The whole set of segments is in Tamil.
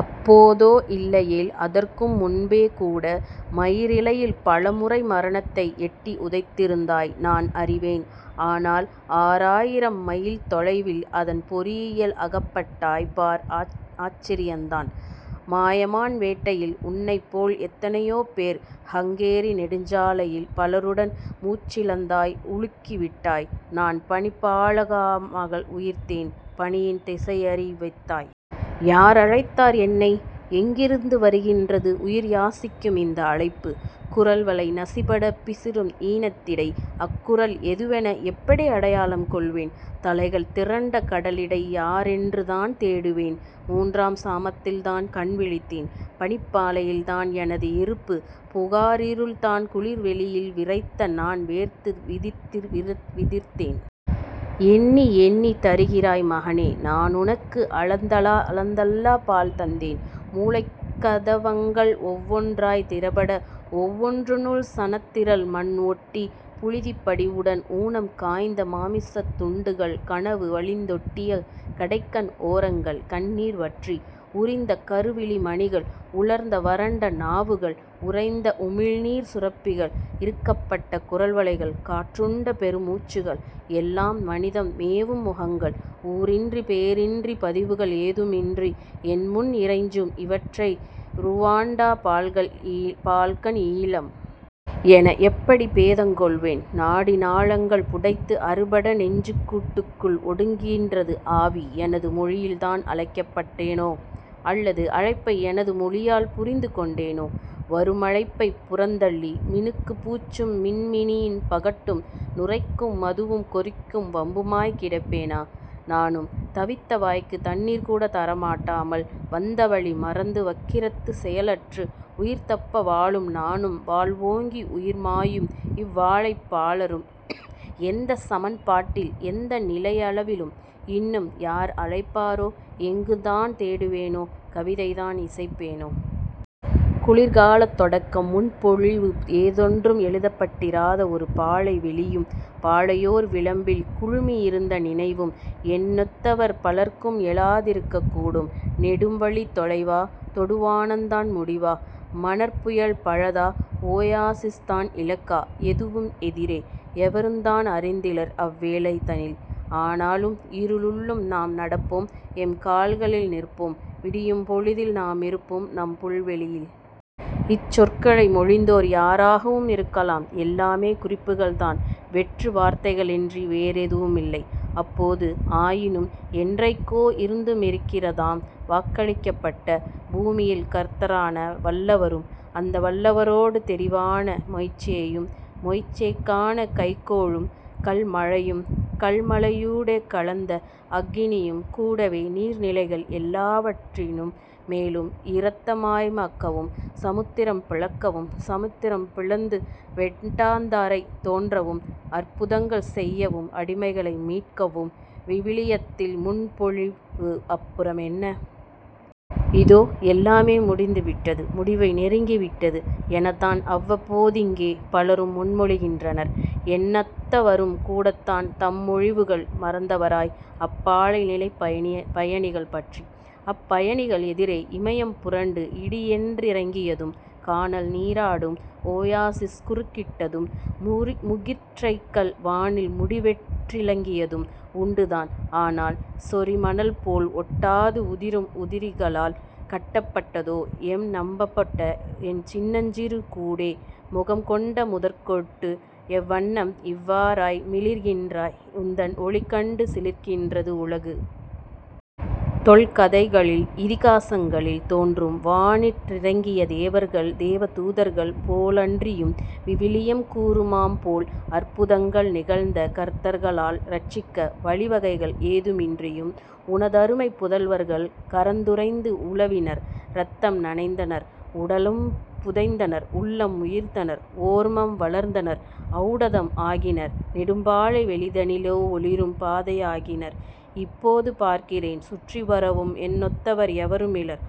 அப்போதோ இல்லையேல் அதற்கும் முன்போகூட மயிரிழையில் பலமுறை மரணத்தை எட்டி உதைத்திருந்தாய் நான் அறிவேன். ஆனால் ஆறாயிரம் மைல் தொலைவில் அதன் பொறியில் அகப்பட்டாய் பார் ஆச்சரியந்தான். மாயமான் வேட்டையில் உன்னைப்போல் எத்தனையோபேர் ஹங்கேரி நெடுஞ்சாலையில் பலருடன் மூச்சிழந்தாய் உலுக்கிவிட்டாய் நான் பனிப்பாளமாகாமல் உயிர்த்தேன் பணியின் திசையறிவித்தாய். யாரழைத்தார் என்னை? எங்கிருந்து வருகின்றது உயிர்யாசிக்கும் இந்த அழைப்பு குரல்வளை நசிபட பிசிறும் ஈனத்திடை அக்குரல் எதுவென எப்படி அடையாளம் கொள்வேன் தலைகள் திரண்ட கடலிடை யாரென்றுதான் தேடுவேன் மூன்றாம் சாமத்தில்தான் கண்விழித்தேன் பனிப்பாலையில்தான் எனது இருப்பு புகாரிருளில் குளிர்வெளியில் விறைத்த நான் வேர்த்து விதிர்விதிர்த்தேன் எண்ணியெண்ணி தருகிறாய் மகனே நானுனக்கு அளந்தளந்தா பால் தந்தேன் மூளைக்கதவங்கள் ஒவ்வொன்றாய் திறபட ஒவ்வொன்றுள்ளும் சனத்திரள் மண்ஒட்டி புழுதிப்படிவுடன் ஊனம் காய்ந்த மாமிசத்துண்டுகள் கனவு வழிந்தொட்டிய கடைக்கண் ஓரங்கள் கண்ணீர்வற்றி உரிந்த கருவிழி மணிகள் உலர்ந்து வரண்ட நாவுகள் உறைந்த உமிழ்நீர் சுரப்பிகள் இறுக்கப்பட்ட குரல்வளைகள் காற்றுண்ட பெருமூச்சுகள் எல்லாம் மனிதம் மேவும் முகங்கள் ஊரின்றி பேரின்றி பதிவுகள் ஏதுமின்றி என்முன் இறைஞ்சும் இவற்றிடை ரூவாண்டா பால்கன் ஈழம்... என எப்படிப் பேதங் கொள்வேன். நாடி நாளங்கள் புடைத்து அறுபட நெஞ்சக்கூட்டுக்குள் ஒடுங்குகின்றது ஆவி எனது மொழியில்தான் அழைக்கப்பட்டேனா? அல்லது அழைப்பை எனது மொழியால் புரிந்துகொண்டேனா? வருமழைப்பைப் புறந்தள்ளி மினுக்கும் பூச்சும் மின்மினியின் பகட்டும் நுரைக்கும் மதுவும் கொறிக்கும் வம்புமாய் கிடப்பேனா நானும். தவித்த வாய்க்கு தண்ணீர்கூட தரமாட்டாமல் வந்தவழி மறந்து வக்கரித்து செயலற்று உயிர்தப்ப வாழும் நானும் வாழ்வோங்கி உயிர்மாயும் இவ்வாழைப்பாளரும் எந்தச் சமன்பாட்டில் எந்த நிறையளவில் இன்னும் யார் அழைப்பாரோ எங்குந்தான் தேடுவேனோ கவிதைதான் இசைப்பேனோ...? குளிர்காலத் தொடக்கம் முன்மொழிவு ஏதொன்றும் எழுதப்பட்டிராத ஒருபாலை வெளியும் பாலையோர விளிம்பில் குழுமியிருந்த நினைவும் என்னொத்தவர் பலர்க்கும் எழாதிருக்கக் கூடும்! நெடும்வழித் தொலைவா? தொடுவானந்தான் முடிவா? மணற்புயல் பலதா? ஒயாசிஸ்தான் இலக்கா? எதுவரும் எதிரே...? எவருந்தான் அறிந்திலர் அவ்வேளைதனில்; ஆனாலும் இருளுள்ளும் நாம் நடப்போம் எம்கால்களில் நிற்போம் விடியும்பொழுதில் நாமிருப்போம் நம் புல்வெளியில்... இச்சொற்களை மொழிந்தோர் யாராகவும் இருக்கலாம் எல்லாமே குறிப்புகள்தான் வெற்று வார்த்தைகளன்றி வேறெதுமிருந்ததில்லை அப்போது. ஆயினும் என்றைக்கோ இருந்துமிருக்கிறதாம் வாக்களிக்கப்பட்ட பூமியும் கர்த்தரான வல்லவரும் அந்த வல்லவரோட தெரிவான மொய்சேயும் மொய்சேக்கான கைக்கோலும் கல்மழையும் கல்மழையூடே கலந்த அக்கினியும் கூடவே நீர்நிலைகள் எல்லாவற்றின் மேலும் இரத்தமயமாக்கவும் சமுத்திரம் பிளக்கவும் சமுத்திரம் பிளந்து வெட்டாந்தரை தோன்றவும் அற்புதங்கள் செய்யவும் அடிமைகளை மீட்கவும் விவிலியத்தில் முன்பொழிவு அப்புறம் என்ன...? இதோ எல்லாமே முடிந்து விட்டது முடிவை நெருங்கிவிட்டது எந்னத்தவரும் அவ்வப்போதிங்கே பலரும் முன்மொழிகின்றனர் என்னொத்தவரும் கூடத்தான் தம்மொழிவுகள் மறந்தவராய் அப்பாலை நிலப்பயணிகள் பற்றி... அப்பயணிகள் எதிரே இமயம் புரண்டு இடியென்றிறங்கியதும் கானல் நீராடும் ஒயாசிஸ் குறுக்கிட்டதும் முகிற்கற்றைகள் வானின் முடிவென்றிலங்கியதும் உண்டுதான் ஆனால்... சொரிமணல் போல் ஒட்டாது உதிரும் உதிரிகளால் கட்டப்பட்டதோ என நம்பப்பட்ட என் சின்னஞ்சிறு கூடே முகம் கொண்ட முதற்கொண்டு எவ்வண்ணம் இவ்வாறாய் மிளிர்கின்றாய் உந்தன் ஒளிகண்டு சிலிரிக்கின்றது உலகு. தொல்கதைகளில் இதிகாசங்களில் தோன்றும் வானின்றிறங்கிய தேவர்கள் தேவதூதர்கள் போலன்றியும் விவிலியம் கூறுமாப்போல் அற்புதங்கள் நிகழ்த்த கர்த்தர்களால் இரட்சிக்க வழிவகைகள் ஏதுமின்றியும் உனதருமைப் புதல்வர்கள் கரந்துறைந்து உலவினர் இரத்தம் நனைத்தனர் உடலம் புதைத்தனர் உள்ளம் உயிர்த்தனர் ஓர்மம் வளர்த்தனர் ஓளடதம் ஆகினர் நெடும்பாலை வெளிதனிலோ ஒளிரும் பாதையாகினர் இப்போது பார்க்கிறேன் சுற்றிவரவும் என்னொத்தவர் எவருமிலர்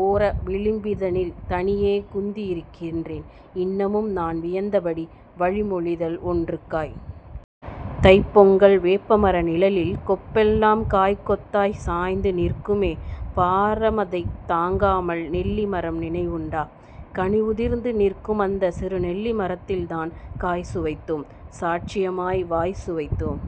ஓர விளிம்பதனில் தனியே குந்தியிருக்கின்றேன் இன்னமும் நான் வியந்தபடி வழிமொழிதல் ஒன்றுக்காய்..! தைப்பொங்கல், வேப்பமர நிழலில் கொப்பெல்லாம் காய்க்கொத்தாய் சாய்ந்து நிற்குமே பாரமதைத் தாங்காமல் நெல்லி மரம் நினைவுண்டா? கனி உதிர்த்து நிற்குமந்த சிறு நெல்லி மரத்தில்தான் காய் சுவைத்தோம். சாட்சியமாய் வாய் சுவைத்தோம்.